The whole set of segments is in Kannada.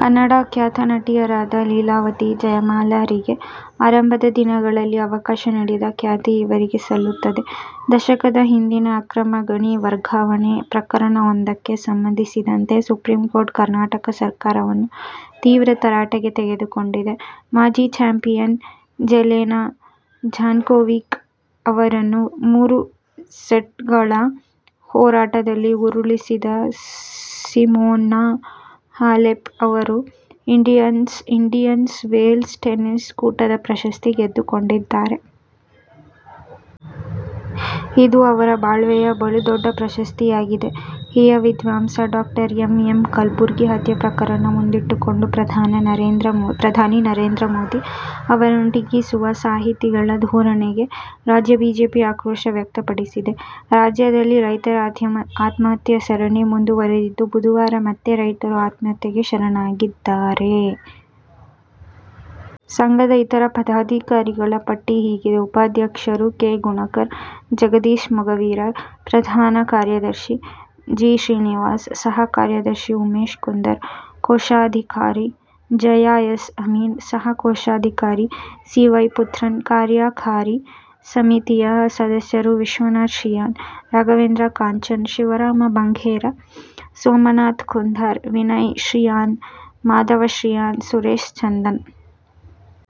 ಕನ್ನಡದ ಖ್ಯಾತ ನಟಿಯರಾದ ಲೀಲಾವತಿ, ಜಯಮಾಲಾರಿಗೆ ಆರಂಭದ ದಿನಗಳಲ್ಲಿ ಅವಕಾಶ ನೀಡಿದ ಖ್ಯಾತಿ ಇವರಿಗೆ ಸಲ್ಲುತ್ತದೆ. ದಶಕದ ಹಿಂದಿನ ಅಕ್ರಮ ಗಣಿ ವರ್ಗಾವಣೆ ಪ್ರಕರಣವೊಂದಕ್ಕೆ ಸಂಬಂಧಿಸಿದಂತೆ ಸುಪ್ರೀಂಕೋರ್ಟ್ ಕರ್ನಾಟಕ ಸರ್ಕಾರವನ್ನು ತೀವ್ರ ತರಾಟೆಗೆ ತೆಗೆದುಕೊಂಡಿದೆ. ಮಾಜಿ ಚಾಂಪಿಯನ್ ಜೆಲೆನಾ ಜಾನ್ಕೋವಿಕ್ ಅವರನ್ನು ಮೂರು ಸೆಟ್ಗಳ ಹೋರಾಟದಲ್ಲಿ ಉರುಳಿಸಿದ ಸಿಮೋನಾ ಹಾಲೆಪ್ ಅವರು ಇಂಡಿಯನ್ಸ್ ವೇಲ್ಸ್ ಟೆನಿಸ್ ಕೂಟದ ಪ್ರಶಸ್ತಿ ಗೆದ್ದುಕೊಂಡಿದ್ದಾರೆ. ಇದು ಅವರ ಬಾಳ್ವೆಯ ಬಲುದೊಡ್ಡ ಪ್ರಶಸ್ತಿಯಾಗಿದೆ. ಹಿರಿಯ ವಿದ್ವಾಂಸ ಡಾ ಎಂ. ಎಂ. ಕಲ್ಬುರ್ಗಿ ಹತ್ಯೆ ಪ್ರಕರಣ ಮುಂದಿಟ್ಟುಕೊಂಡು ಪ್ರಧಾನಿ ನರೇಂದ್ರ ಮೋದಿ ಅವರನ್ನು ಟೀಕಿಸುವ ಸಾಹಿತಿಗಳ ಧೋರಣೆಗೆ ರಾಜ್ಯ ಬಿಜೆಪಿ ಆಕ್ರೋಶ ವ್ಯಕ್ತಪಡಿಸಿದೆ. ರಾಜ್ಯದಲ್ಲಿ ರೈತರ ಆತ್ಮಹತ್ಯೆ ಸರಣಿ ಮುಂದುವರಿದಿದ್ದು, ಬುಧವಾರ ಮತ್ತೆ ರೈತರು ಆತ್ಮಹತ್ಯೆಗೆ ಶರಣಾಗಿದ್ದಾರೆ. ಸಂಘದ ಇತರ ಪದಾಧಿಕಾರಿಗಳ ಪಟ್ಟಿ ಹೀಗಿದೆ: ಉಪಾಧ್ಯಕ್ಷರು ಕೆ. ಗುಣಕರ್, ಜಗದೀಶ್ ಮೊಗವೀರ, ಪ್ರಧಾನ ಕಾರ್ಯದರ್ಶಿ- ಜಿ. ಶ್ರೀನಿವಾಸ್, ಸಹ ಕಾರ್ಯದರ್ಶಿ-ಉಮೇಶ್ ಕುಂದರ್, ಕೋಶಾಧಿಕಾರಿ-ಜಯಾ ಎಸ್ ಅಮೀನ್, ಸಹ ಕೋಶಾಧಿಕಾರಿ- ಸಿ. ವೈ. ಪುತ್ರನ್. ಕಾರ್ಯಕಾರಿ ಸಮಿತಿಯ ಸದಸ್ಯರು- ವಿಶ್ವನಾಥ್ ಶ್ರೀಯಾನ್, ರಾಘವೇಂದ್ರ ಕಾಂಚನ್, ಶಿವರಾಮ ಬಂಗೇರ, ಸೋಮನಾಥ್ ಕುಂದರ್, ವಿನಯ್ ಶ್ರೀಯಾನ್, ಮಾಧವ ಶ್ರೀಯಾನ್, ಸುರೇಶ್ ಚಂದನ್.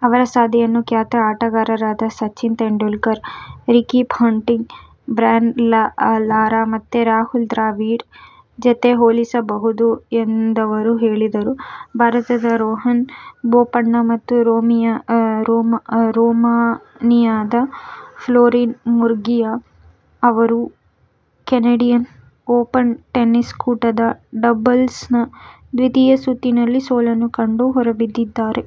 ಅವರ ಸಾಧನೆಯನ್ನು ಖ್ಯಾತ ಆಟಗಾರರಾದ Sachin Tendulkar, Ricky Ponting, Brian Lara ಮತ್ತೆ ರಾಹುಲ್ ದ್ರಾವಿಡ್ ಜತೆ ಹೋಲಿಸಬಹುದು ಎಂದವರು ಹೇಳಿದರು. ಭಾರತದ ರೋಹನ್ ಬೋಪಣ್ಣ ಮತ್ತು ರೊಮಾನಿಯಾದ ಫ್ಲೋರಿನ್ ಮರ್ಗಿಯ ಅವರು ಕೆನಡಿಯನ್ ಓಪನ್ ಟೆನಿಸ್ ಕೂಟದ ಡಬಲ್ಸ್ನ ದ್ವಿತೀಯ ಸುತ್ತಿನಲ್ಲಿ ಸೋಲನ್ನು ಕಂಡು ಹೊರಬಿದ್ದಿದ್ದಾರೆ.